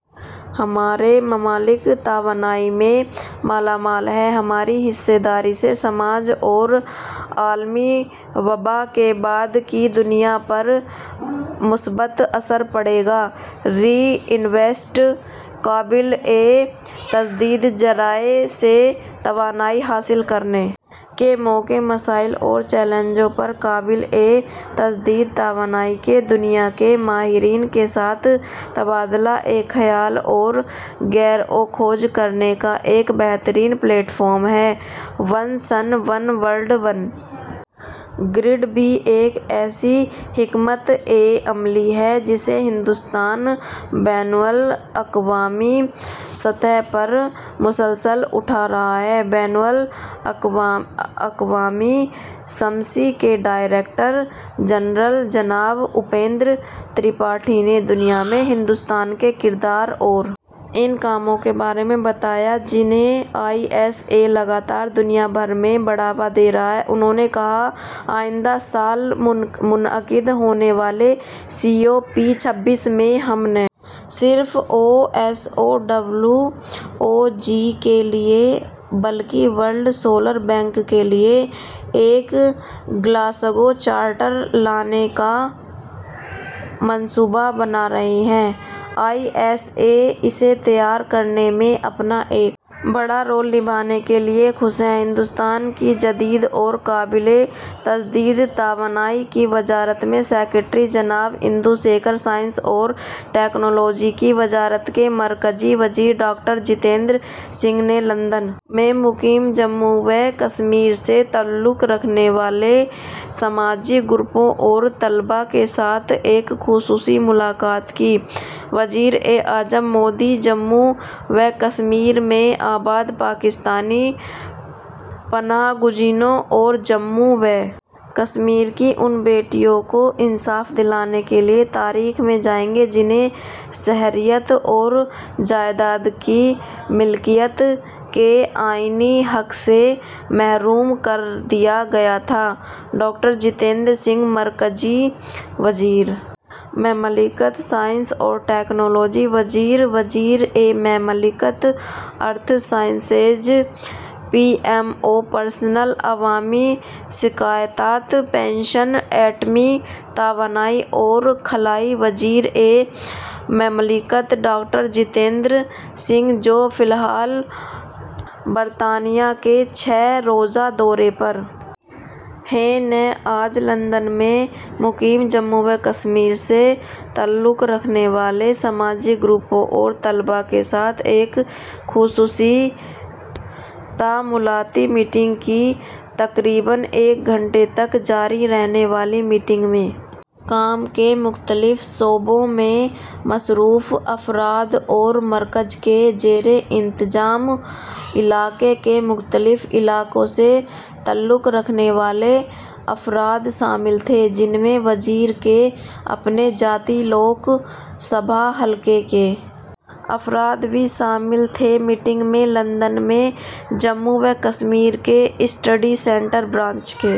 ہمارے ممالک توانائی میں مالا مال ہیں ہماری حصہ داری سے سماج اور عالمی وبا کی بعد کی دنیا پر مثبت اثر پڑے گا ری انویسٹ قابل تجدید ذرائع سے توانائی حاصل کرنے کے مواقع مسائل اور چیلنجوں پر قابل تجدید توانائی کے دنیا کے ماہرین کے ساتھ تبادلہ خیال اور غور و خوض کرنے کا ایک بہترین پلیٹ فارم ہے one sun one world one grid بھی ایک ایسی حکمت عملی ہے جسے ہندوستان بین الاقوامی سطح پر مسلسل اٹھا رہا ہے بین الاقوامی شمسی کے ڈائریکٹر جنرل جناب اپیندر ترپاٹھی نے دنیا میں ہندوستان کے کردار اور ان کاموں کے بارے میں بتایا جنہیں آئی ایس اے لگاتار دنیا بھر میں بڑھاوا دے رہا ہے انہوں نے کہا آئندہ سال منعقد ہونے والے سی او پی چھبیس میں ہم نہ صرف O S O W O G کے لیے بلکہ ورلڈ سولر بینک کے لیے ایک گلاسگو چارٹر لانے کا منصوبہ بنا رہے ہیں آئی ایس اے اسے تیار کرنے میں اپنا ایک بڑا رول نبھانے کے لیے خوش ہے ہندوستان کی جدید اور قابل تجدید توانائی کی وزارت میں سکریٹری جناب اندو شیکھر سائنس اور ٹیکنالوجی کی وزارت مرکزی وزیر ڈاکٹر جتیندر سنگھ نے لندن میں مقیم جموں و کشمیر سے تعلق رکھنے والے سماجی گروپوں اور طلباء کے ساتھ ایک خصوصی ملاقات کی وزیر اعظم مودی جموں و کشمیر میں آباد پاکستانی پناہ گزینوں اور جموں و کشمیر کی ان بیٹیوں کو انصاف دلانے کے لیے تاریخ میں جائیں گے جنہیں شہریت اور جائیداد کی ملکیت کے آئینی حق سے محروم کر دیا گیا تھا ڈاکٹر جتیندر سنگھ مرکزی وزیر مملکت سائنس اور ٹیکنالوجی وزیر مملکت earth sciences P M O personnel عوامی شکایات پنشن ایٹمی توانائی اور خلائی وزیر مملکت ڈاکٹر جتیندر سنگھ جو فی الحال برطانیہ کے چھ روزہ دورے پر ہیں نے آج لندن میں مقیم جموں و کشمیر سے تعلق رکھنے والے سماجی گروپوں اور طلباء کے ساتھ ایک خصوصی تعاملاتی میٹنگ کی تقریباً ایک گھنٹے تک جاری رہنے والی میٹنگ میں کام کے مختلف شعبوں میں مصروف افراد اور مرکز کے زیر انتظام علاقہ کے مختلف علاقوں سے تعلق رکھنے والے افراد شامل تھے جن میں وزیر کے اپنے ذاتی لوک سبھا حلقہ کے افراد بھی شامل تھے میٹنگ میں لندن میں جموں و کشمیر کے اسٹڈی سینٹر برانچ کے